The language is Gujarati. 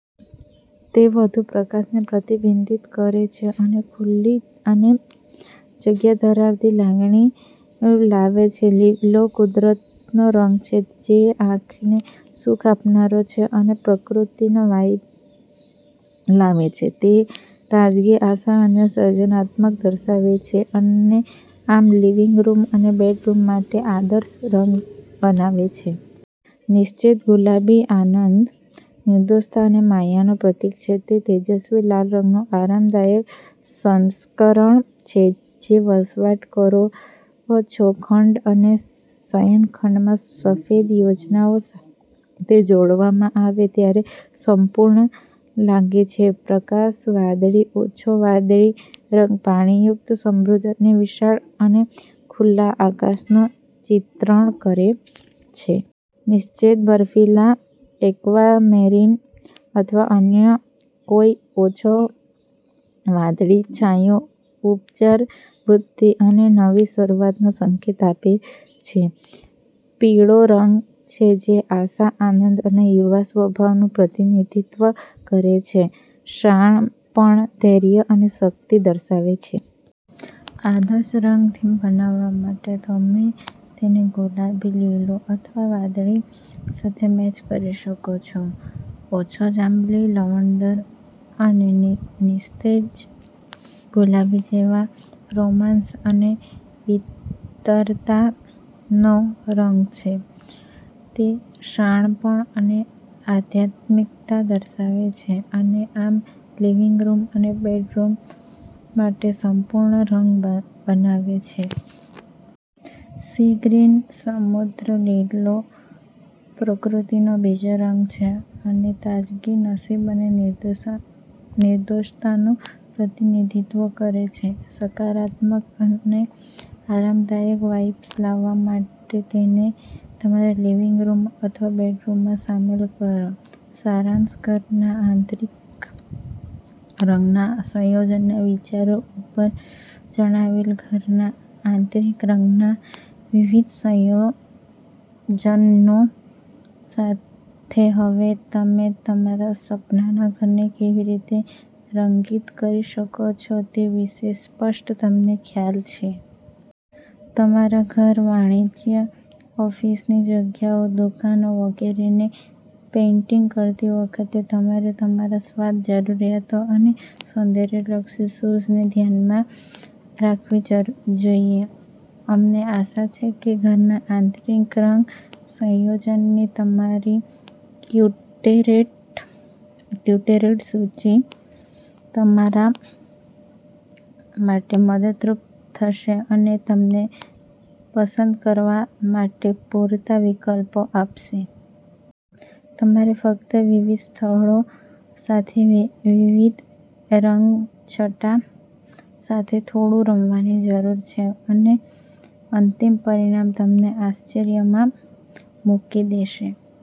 તે વધુ પ્રકાશને પ્રતિબિંબિત કરે છે અને ખુલ્લી અને જગ્યા ધરાવતી લાગણી લાવે છે. લીલો કુદરતનો રંગ છે જે આંખને સુખ આપનારો છે અને પ્રકૃતિનો વાઇબ લાવે છે. તે તાજગી, આશા અને સર્જનાત્મકતા દર્શાવે છે અને આમ લિવિંગ રૂમ અને બેડરૂમ માટે આદર્શ રંગ બનાવે છે. નિસ્તેજ ગુલાબી આનંદ, નિર્દોષતા અને માયાનું પ્રતીક છે. તે તેજસ્વી લાલ રંગનું આરામદાયક સંસ્કરણ છે જે વસવાટ કરો છો ખંડ અને શયનખંડમાં સફેદ યોજનાઓ સાથે જોડવામાં આવે ત્યારે સંપૂર્ણ લાગે છે. પ્રકાશ વાદળી, આછો વાદળી રંગ પાણીયુક્ત સમુદ્ર અને વિશાળ અને ખુલ્લા આકાશનું ચિત્રણ કરે છે. નિસ્તેજ બર્ફીલા, એક્વામેરિન અથવા અન્ય કોઈ આછો વાદળી છાંયો ઉપચાર, વૃદ્ધિ અને નવી શરૂઆતનો સંકેત આપે છે. પીળો રંગ છે જે આશા, આનંદ અને યુવા સ્વભાવનું પ્રતિનિધિત્વ કરે છે અને શાણપણ, ધૈર્ય અને શક્તિ દર્શાવે છે. આદર્શ રંગ થીમ બનાવવા માટે તમે તેને ગુલાબી, લીલો અથવા વાદળી સાથે મેચ કરી શકો છો. આછો જાંબલી લવંડર અને નિસ્તેજ ગુલાબી જેવા રોમાંસ અને વીરતાનો રંગ છે. તે શાણપણ અને આધ્યાત્મિકતા દર્શાવે છે અને આમ લિવિંગ રૂમ અને બેડરૂમ માટે સંપૂર્ણ રંગ બનાવે છે. સી ગ્રીન, સમુદ્ર લીલો પ્રકૃતિનો બીજો રંગ છે અને તાજગી, નસીબ અને નિર્દોષતાનું પ્રતિનિધિત્વ કરે છે. સકારાત્મક અને આરામદાયક વાઇબ્સ લાવવા માટે તેને તમારા લિવિંગ રૂમ અથવા બેડરૂમમાં સામેલ કરો. સારાંશઘરના આંતરિક રંગના સંયોજનના વિચારો ઉપર જણાવેલ ઘરના આંતરિક રંગના વિવિધ સંયોજનો સાથે હવે તમે તમારા સપનાના ઘરને કેવી રીતે રંગિત કરી શકો છો તે વિશે તમને સ્પષ્ટ ખ્યાલ છે. તમારા ઘર, વાણિજ્યિક, ઓફિસની જગ્યાઓ, દુકાનો વગેરેને પેઇન્ટિંગ કરતી વખતે તમારે તમારા સ્વાદ, જરૂરિયાતો અને સૌંદર્યલક્ષી સૂઝને ધ્યાનમાં રાખવી જોઈએ. અમને આશા છે કે ઘરના આંતરિક રંગ સંયોજનોની અમારી ક્યુરેટેડ સૂચિ તમારા માટે મદદરૂપ થશે અને તમને પસંદ કરવા માટે પૂરતા વિકલ્પો આપશે. તમારે ફક્ત વિવિધ સ્થળો માટે વિવિધ રંગછટા સાથે થોડું રમવાની જરૂર છે અને અંતિમ પરિણામ તમને આશ્ચર્યમાં મૂકી દેશે.